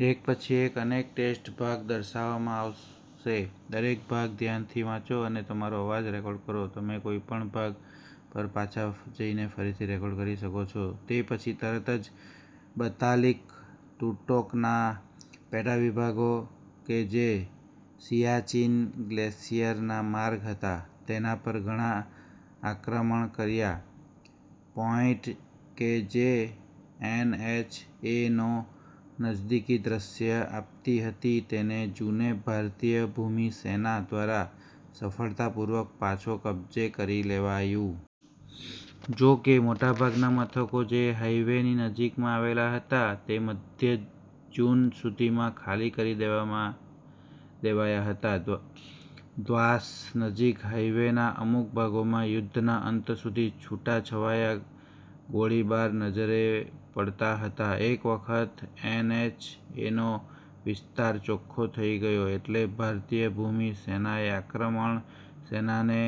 તે પછી તરત જ બતાલીક-ટૂરટોકના પેટાવિભાગો, કે જે સિયાચીન ગ્લેસિયરના માર્ગ હતા, તેના પર ઘણા આક્રમણ કર્યા. પોઈન્ટ કે જે એનએચ એ નો નજદીકી દૃશ્ય આપતી હતી તેને જૂને ભારતીય ભૂમિ સેના દ્વારા સફળતાપૂર્વક પાછો કબજે કરી લેવાયું. જો કે મોટાભાગના મથકો જે હાઈવેની નજીકમાં આવેલા હતા તે મધ્ય જૂન સુધીમાં ખાલી કરી દેવાયા હતા, દ્વાસ નજીક હાઇવેના અમુક ભાગોમાં યુદ્ધના અંત સુધી છૂટાછવાયા ગોળીબાર નજરે પડતા હતા. એક વખત એનએચ એનો વિસ્તાર ચોખ્ખો થઈ ગયો, એટલે ભારતીય ભૂમિ સેનાએ આક્રમણ સેનાને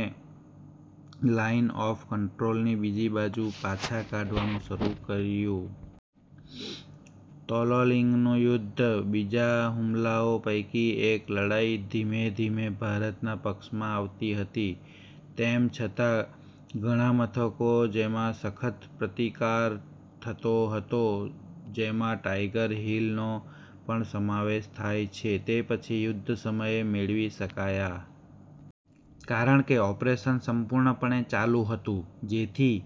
લાઈન ઓફ કંટ્રોલની બીજી બાજુ પાછા કાઢવાનું શરૂ કર્યું. તોલોલીંગનું યુદ્ધ, બીજા હુમલાઓ પૈકી એક, લડાઈ ધીમેધીમે ભારતના પક્ષમાં આવતી હતી. તેમ છતાં, ઘણા મથકો જેમાં સખત પ્રતિકાર થતો હતો, જેમાં ટાઈગર હીલ નો પણ સમાવેશ થાય છે, તે પછી યુદ્ધ સમયે મેળવી શકાયા. કારણ કે ઓપરેશન સંપૂર્ણપણે ચાલું હતું જેથી,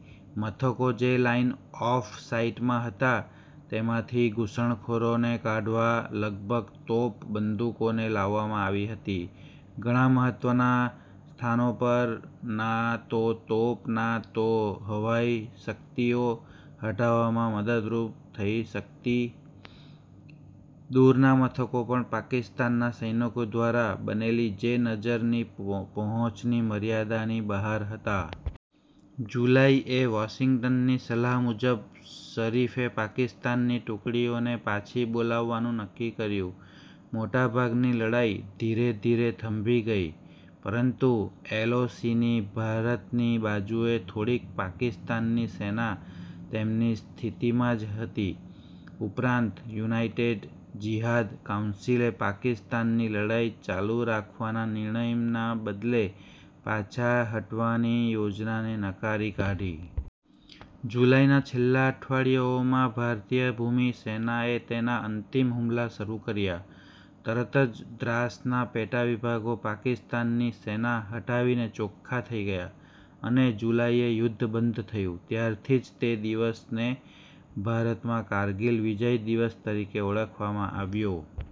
મથકો જે લાઇન-ઓફ-સાઇટમાં હતા તેમાંથી ઘુસણખોરોને કાઢવા લગભગ તોપ બંદુકોને લાવવામાં આવી હતી. ઘણા મહત્વના સ્થાનો પર, ના તો તોપ ના તો હવાઈ શકિતઓ હટાવવામાં મદદરૂપ થઈ શકતી, દૂરના મથકો પણ પાકિસ્તાનના સૈનિકો દ્વારા બનેલી જે નજરની પહોંચની મર્યાદાની બહાર હતા. જુલાઈ એ, વોશીંગ્ટનની સલાહ મુજબ, શરીફે પાકિસ્તાનની ટુકડીઓને પાછી બોલાવવાનું નક્કી કર્યું, મોટાભાગની લડાઈ ધીરે ધીરે થંભી ગઈ, પરંતુ એલઓસીની ભારતની બાજુએ થોડીક પાકિસ્તાનની સેના તેમની સ્થિતિમાં જ રહી. ઉપરાંત, યુનાઈટેડ જીહાદ કાઉન્સીલે પાકિસ્તાનની લડાઈ ચાલુ રાખવાના નિર્ણયના બદલે, પાછા હટવાની યોજનાને નકારી કાઢી. જુલાઈના છેલ્લા અઠવાડિયાઓમાં ભારતીય ભૂમિ સેનાએ તેના અંતિમ હુમલા શરૂ કર્યા, તરત જ દ્રાસના પેટાવિભાગો પાકિસ્તાનની સેના હટાવીને ચોખ્ખા થઈ ગયા, અને જુલાઈએ યુદ્ધ બંધ થયું. ત્યારથી જ તે દિવસને ભારતમાં કારગીલ વિજય દિવસ તરીકે ઓળખાવવામાં આવ્યો.